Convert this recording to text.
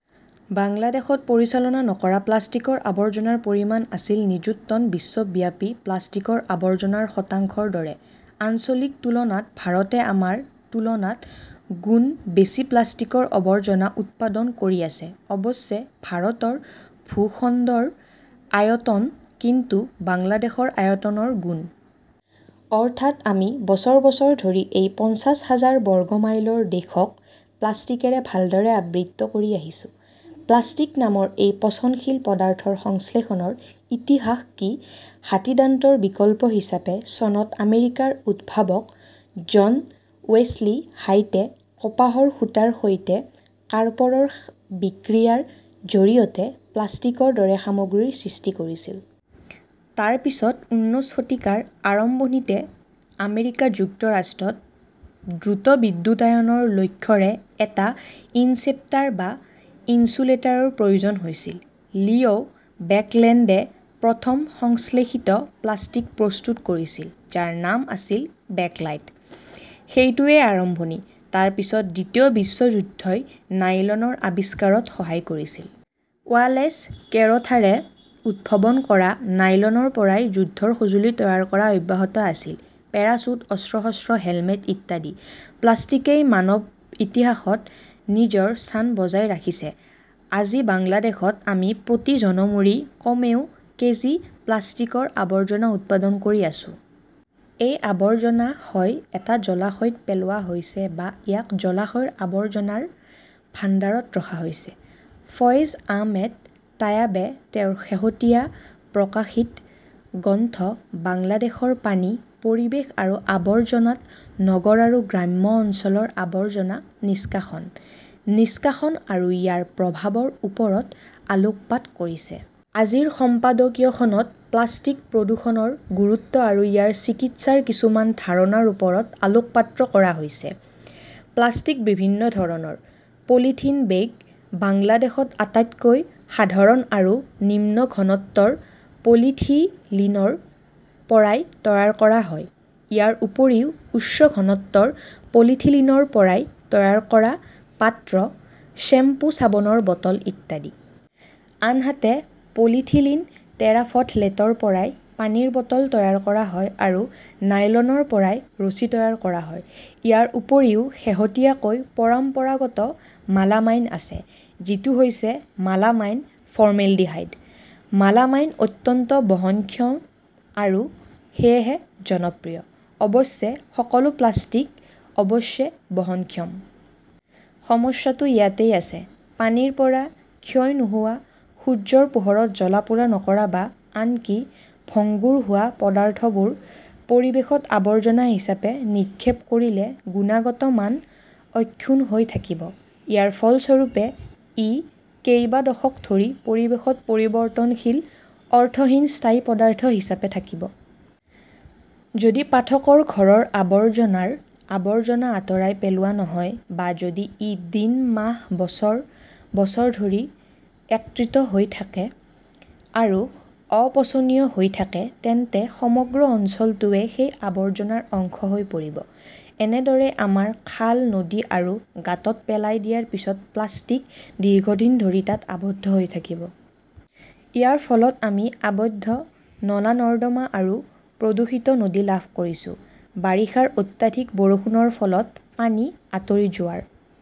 বাংলাদেশত পৰিচালনা নকৰা প্লাষ্টিকৰ আৱৰ্জনাৰ পৰিমাণ আছিল নিযুত টন বিশ্বব্যাপী প্লাষ্টিকৰ আৱৰ্জনাৰ শতাংশৰ দৰে। আঞ্চলিক তুলনাত ভাৰতে আমাৰ তুলনাত গুণ বেছি প্লাষ্টিকৰ আৱৰ্জনা উৎপাদন কৰি আছে অৱশ্যে, ভাৰতৰ ভূখণ্ডৰ আয়তন কিন্তু বাংলাদেশৰ আয়তনৰ গুণ। অৰ্থাৎ, আমি বছৰ বছৰ ধৰি এই পঞ্চাশ হাজাৰ বৰ্গ মাইলৰ দেশক প্লাষ্টিকৰে ভালদৰে আবৃত কৰি আহিছো। প্লাষ্টিক নামৰ এই পচনশীল পদাৰ্থৰ সংশ্লেষণৰ ইতিহাস কি হাতীদান্তৰ বিকল্প হিচাপে চনত আমেৰিকাৰ উদ্ভাৱক জন ৱেছলি হাইটে কপাহৰ সূতাৰ সৈতে কাৰ্পৰৰ বিক্ৰিয়াৰ জৰিয়তে প্লাষ্টিকৰ দৰে সামগ্ৰী সৃষ্টি কৰিছিল। তাৰ পিছত, ঊনৈশ শতিকাৰ আৰম্ভণিতে, আমেৰিকা যুক্তৰাষ্ট্ৰত দ্ৰুত বিদ্যুতায়নৰ লক্ষ্যৰে এটা ইনচেপ্টাৰ বা ইনচুলেটাৰৰ প্ৰয়োজন হৈছিল। লিও বেকলেণ্ডে প্ৰথম সংশ্লেষিত প্লাষ্টিক প্ৰস্তুত কৰিছিল, যাৰ নাম আছিল বেকলাইট। সেইটোৱেই আৰম্ভণি। তাৰ পিছত, দ্বিতীয় বিশ্বযুদ্ধই নাইলনৰ আৱিষ্কাৰত সহায় কৰিছিল। ৱালেছ কেৰোথাৰে উদ্ভাৱন কৰা নাইলনৰ পৰা যুদ্ধৰ সঁজুলি তৈয়াৰ কৰা অব্যাহত আছিল পেৰাচুট, অস্ত্ৰ-শস্ত্ৰ, হেলমেট ইত্যাদি। প্লাষ্টিকই মানৱ ইতিহাসত নিজৰ স্থান বজাই ৰাখিছে। আজি বাংলাদেশত আমি প্ৰতি জনমূৰি কমেও কেজি প্লাষ্টিকৰ আৱৰ্জনা উৎপাদন কৰি আছো! এই আৱৰ্জনা হয় এটা জলাশয়ত পেলোৱা হৈছে, বা ইয়াক জলাশয়ৰ আৱৰ্জনাৰ ভাণ্ডাৰত ৰখা হৈছে। ফয়েজ আহমেদ তায়াবে তেওঁৰ শেহতীয়া প্ৰকাশিত গ্ৰন্থ বাংলাদেশৰ পানী, পৰিৱেশ আৰু আৱৰ্জনা ত নগৰ আৰু গ্ৰাম্য অঞ্চলত আৱৰ্জনা নিষ্কাশন, নিষ্কাশন আৰু ইয়াৰ প্ৰভাৱৰ ওপৰত আলোকপাত কৰিছে। আজিৰ সম্পাদকীয়খনত প্লাষ্টিক প্ৰদূষণৰ গুৰুত্ব আৰু ইয়াৰ চিকিৎসাৰ কিছুমান ধাৰণাৰ ওপৰত আলোকপাত কৰা হৈছে। প্লাষ্টিক বিভিন্ন ধৰণৰ। পলিথিন বেগ বাংলাদেশত আটাইতকৈ সাধাৰণ আৰু নিম্ন ঘনত্বৰ পলিইথিলিনৰ পৰা তৈয়াৰ কৰা হয়। ইয়াৰ উপৰিও উচ্চ ঘনত্বৰ পলিইথিলিনৰ পৰা তৈয়াৰ কৰা পাত্ৰ, শ্বেম্পু-চাবোনৰ বটল ইত্যাদি। আনহাতে, পলিইথিলিন টেৰাফথলেটৰ পৰা পানীৰ বটল তৈয়াৰ কৰা হয় আৰু নাইলনৰ পৰা ৰছী তৈয়াৰ কৰা হয়। ইয়াৰ উপৰিও শেহতীয়াকৈ পৰম্পৰাগত মালামাইন আছে, যিটো হৈছে মালামাইন ফৰ্মেলডিহাইড। মালামাইন অত্যন্ত বহনক্ষম আৰু সেয়েহে জনপ্ৰিয়। অৱশ্যে, সকলো প্লাষ্টিক অৱশ্যে বহনক্ষম। সমস্যাটো ইয়াতেই আছে। পানীৰ পৰা ক্ষয় নোহোৱা, সূৰ্যৰ পোহৰত জ্বলা-পোৰা নকৰা বা আনকি ভংগুৰ হোৱা পদাৰ্থবোৰ পৰিৱেশত আৱৰ্জনা হিচাপে নিক্ষেপ কৰিলে গুণগত মান অক্ষুণ্ণ হৈ থাকিব। ইয়াৰ ফলস্বৰূপে, ই কেইবা দশক ধৰি পৰিৱেশত পৰিৱৰ্তনশীল অৰ্থহীন স্থায়ী পদাৰ্থ হিচাপে থাকিব। যদি পাঠকৰ ঘৰৰ আৱৰ্জনাৰ আৱৰ্জনা আঁতৰাই পেলোৱা নহয়, বা যদি ই দিন, মাহ, বছৰ, বছৰ ধৰি একত্ৰিত হৈ থাকে আৰু অপচনীয় হৈ থাকে, তেন্তে সমগ্ৰ অঞ্চলটোৱেই সেই আৱৰ্জনাৰ অংশ হৈ পৰিব। এনেদৰেই আমাৰ খাল, নদী আৰু গাঁতত পেলাই দিয়াৰ পিছত প্লাষ্টিক দীৰ্ঘদিন ধৰি তাত আবদ্ধ হৈ থাকিব। ইয়াৰ ফলত আমি আবদ্ধ নলা-নৰ্দমা আৰু প্ৰদূষিত নদী লাভ কৰিছো। বাৰিষাৰ অত্যাধিক বৰষুণৰ ফলত পানী আঁতৰি যোৱাৰ